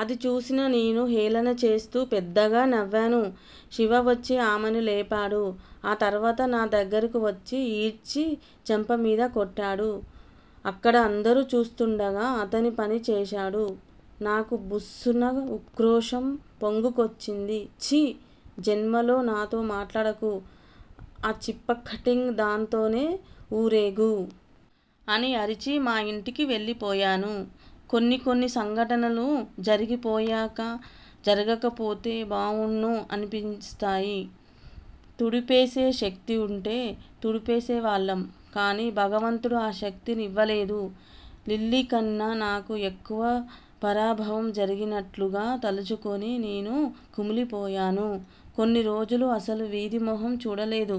అది చూసిన నేను హేళన చేస్తూ పెద్దగా నవ్వాను. శివ వచ్చి ఆమెని లేపాడు. ఆ తర్వాత నా దగ్గరకువచ్చి యీడ్చి చెంపమీద కొట్టాడు. అక్కడ అందరూ చూస్తుండగా అతనీ పని చేశాడు. నాకు బుస్సున ఉక్రోషం పొంగుకొచ్చింది. ఛీ! జన్మలో నాతో మాట్లాడకు. ఆ చిప్పకట్టింగ్ దాంతోనే వూరేగు! అని అరిచి మా ఇంటికి వెళ్ళిపోయాను. కొన్ని కొన్ని సంఘటనలు జరిగిపోయాకా, జరగకపోతే బావుండ్ను అనిపిస్తాయి. తుడిపేసే శక్తివుంటే తుడిచేసేవాళ్ళం. కానీ భగవంతుడు ఆ శక్తి ఇవ్వలేదు. లిల్లీకన్నా నాకే ఎక్కువ పరాభవం జరిగినట్లుగా తలుచుకుని నేను కుమిలిపోయాను. కొన్ని రోజులు అసలు వీధి మొహం చూడలేదు.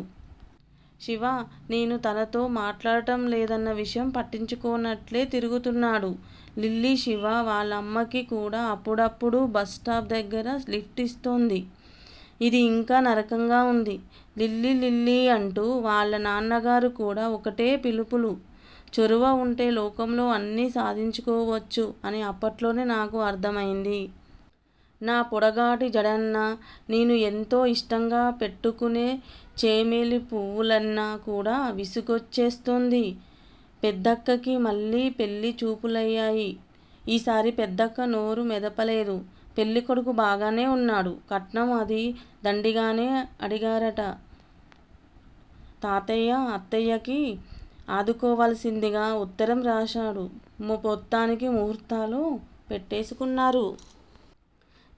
శివ నేను తనతో మాట్లాడటంలేదన్న విషయం పట్టించుకోనట్లే తిరుగుతున్నాడు. లిల్లీ శివా వాళ్ళమ్మకి కూడా అప్పుడప్పుడూ బస్ స్టాప్ దగ్గర లిఫ్ట్ ఇస్తోంది. ఇది యింకా నరకంగా వుంది. లిల్లీ లిల్లీ అంటూ వాళ్ళ నాన్నగారు కూడా ఒకటే పిలుపులు. చొరవ ఉంటే లోకంలో అన్నీ సాధించుకోవచ్చు అని అప్పట్లోనే నాకు అర్థమయింది! నా పొడుగాటి జడన్నా, నేను ఎంతో ఇష్టంగా పెట్టుకునే చెమేలీ పువ్వులన్నా కూడా విసుగొచ్చేస్తోంది! పెద్దక్కకి మళ్ళీ పెళ్ళి చూపులయ్యాయి. ఈసారి పెద్దక్క నోరు మెదపలేదు. పెళ్ళికొడుకు బాగానే ఉన్నాడు. కట్నం అదీ దండిగానే అడిగారుట! తాతయ్య అత్తయ్యకి ఆదుకోవలసిందిగా ఉత్తరం రాశాడు. మొత్తానికి ముహూర్తాలు పెట్టేసుకున్నారు.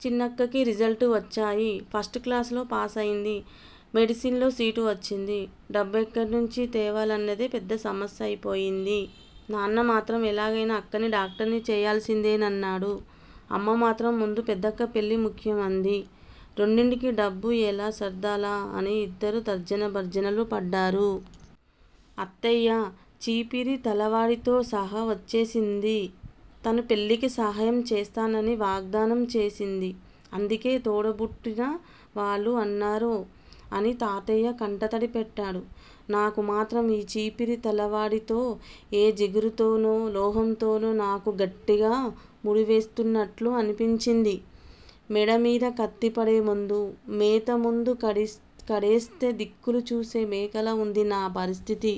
చిన్నక్క రిజల్ట్స్ వచ్చాయి. ఫస్ట్ క్లాసులో పాసయింది. మెడిసిన్లో సీటు వచ్చింది. డబ్బెక్కడ్నించి తేవాలన్నదే పెద్ద సమస్య అయిపొయింది. నాన్నమాత్రం ఎలాగయినా అక్కని డాక్టర్ని చెయ్యాల్సిందేనన్నాడు. అమ్మ మాత్రం ముందు పెద్దక్క పెళ్ళి ముఖ్యం అంది. రెండింటికీ డబ్బు యెలా సర్దాలా అని యిద్దరూ తర్జన భర్జనలు పడ్డారు. అత్తయ్య చీపిరి తలవాడితోసహా వచ్చేసింది. తను పెళ్ళికి సహాయం చేస్తానని వాగ్దానం చేసింది. అందుకే తోడబుట్టిన వాళ్ళు అన్నారు అని తాతయ్య కంటతడి పెట్టాడు. నాకు మాత్రం ఈ చీపిరి తలవాడితో ఏ జిగురుతోనో లోహంతోనో నాకు గట్టిగా ముడివేస్తున్నట్లు అనిపించింది. మెడమీద కత్తిపడే ముందు, మేత ముందు కడేస్తే దిక్కులు చూసే మేకలా వుంది నా పరిస్థితి!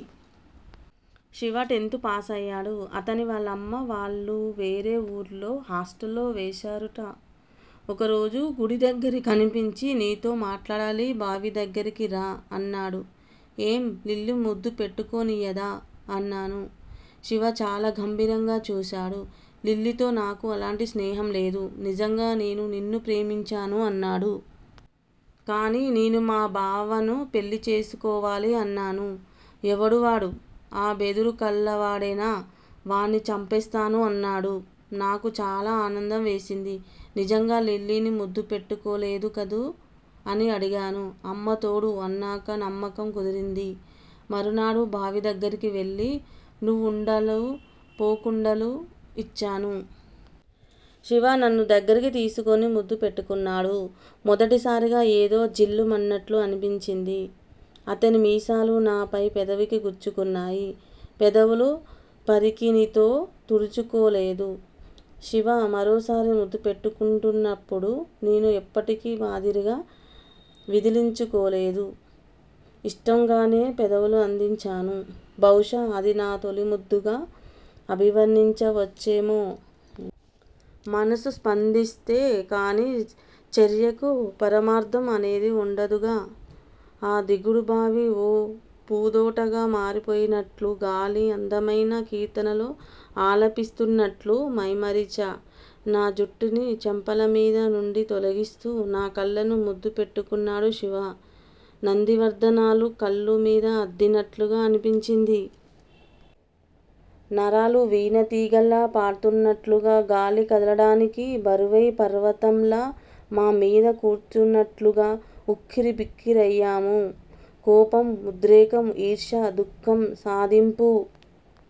శివా టెన్త్ పాసయ్యాడు. అతన్ని వాళ్ళమ్మా వాళ్ళు వేరే ఊళ్ళో హాస్టల్లో వేశారుట. ఒకరోజు గుడిదగ్గర కనిపించి నీతో మాట్లాడాలి బావి దగ్గరకు రా! అన్నాడు. ఏం లిల్లీ ముద్దు పెట్టుకోనియ్యదా? అన్నాను. శివ చాలా గంభీరంగా చూశాడు. లిల్లీతో నాకు అలాంటి స్నేహంలేదు. నిజంగా నేను నిన్ను ప్రేమించాను అన్నాడు. కానీ నేను మా బావని పెళ్ళిచేసుకోవాలి అన్నాను. ఎవడు వాడు? ఆ బెదురు కళ్ళవాడేనా? వాణ్ణి చంపేస్తాను అన్నాడు. నాకు చాలా ఆనందం వేసింది. నిజంగా లిల్లీని ముద్దు పెట్టుకోలేదు కదూ! అని అడిగాను. అమ్మతోడు! అన్నాక నమ్మకం కుదిరింది. మరునాడు బావి దగ్గరికి వెళ్ళి నువ్వుండలూ, పోకుండలూ ఇచ్చాను. శివ నన్ను దగ్గరకి తీసుకుని ముద్దు పెట్టుకున్నాడు. మొదటిసారిగా ఏదో 'జిల్'మన్నట్లు అనిపించింది. అతని మీసాలు నా పై పెదవికి గుచ్చుకున్నాయి. పెదవులు పరికిణీతో తుడుచుకోలేదు. శివ మరోసారి ముద్దు పెట్టుకొంటున్నప్పుడు నేను ఎప్పటి మాదిరిగా విదిలించుకోలేదు. ఇష్టంగానే పెదవులు అందించాను. బహుశా అది నా తొలిముద్దుగా అభివర్ణించవచ్చేమో! మనసు స్పందిస్తే కానీ చర్యకి పరమార్థం అనేది ఉండదుగా! ఆ దిగుడుబావి ఓ పూదోటగా మారిపోయినట్లూ గాలి అందమైన కీర్తనలు ఆలపిస్తున్నట్లూ మైమరిచా. నా జుట్టుని చెంపల మీద నుండి తొలగిస్తూ నా కళ్ళని ముద్దు పెట్టుకున్నాడు శివ. నందివర్ధనాలు కళ్ళ మీద అద్దినట్లుగా అనిపించింది. నరాలు వీణ తీగల్లా పాడుతున్నట్లూ గాలి కదలడానికి బరువై పర్వతంలా మా మీద కూర్చున్నట్లూ ఉక్కిరి బిక్కిరయ్యాము. కోపం, ఉద్రేకం, ఈర్ష్యా, దుఃఖం సాధింపూ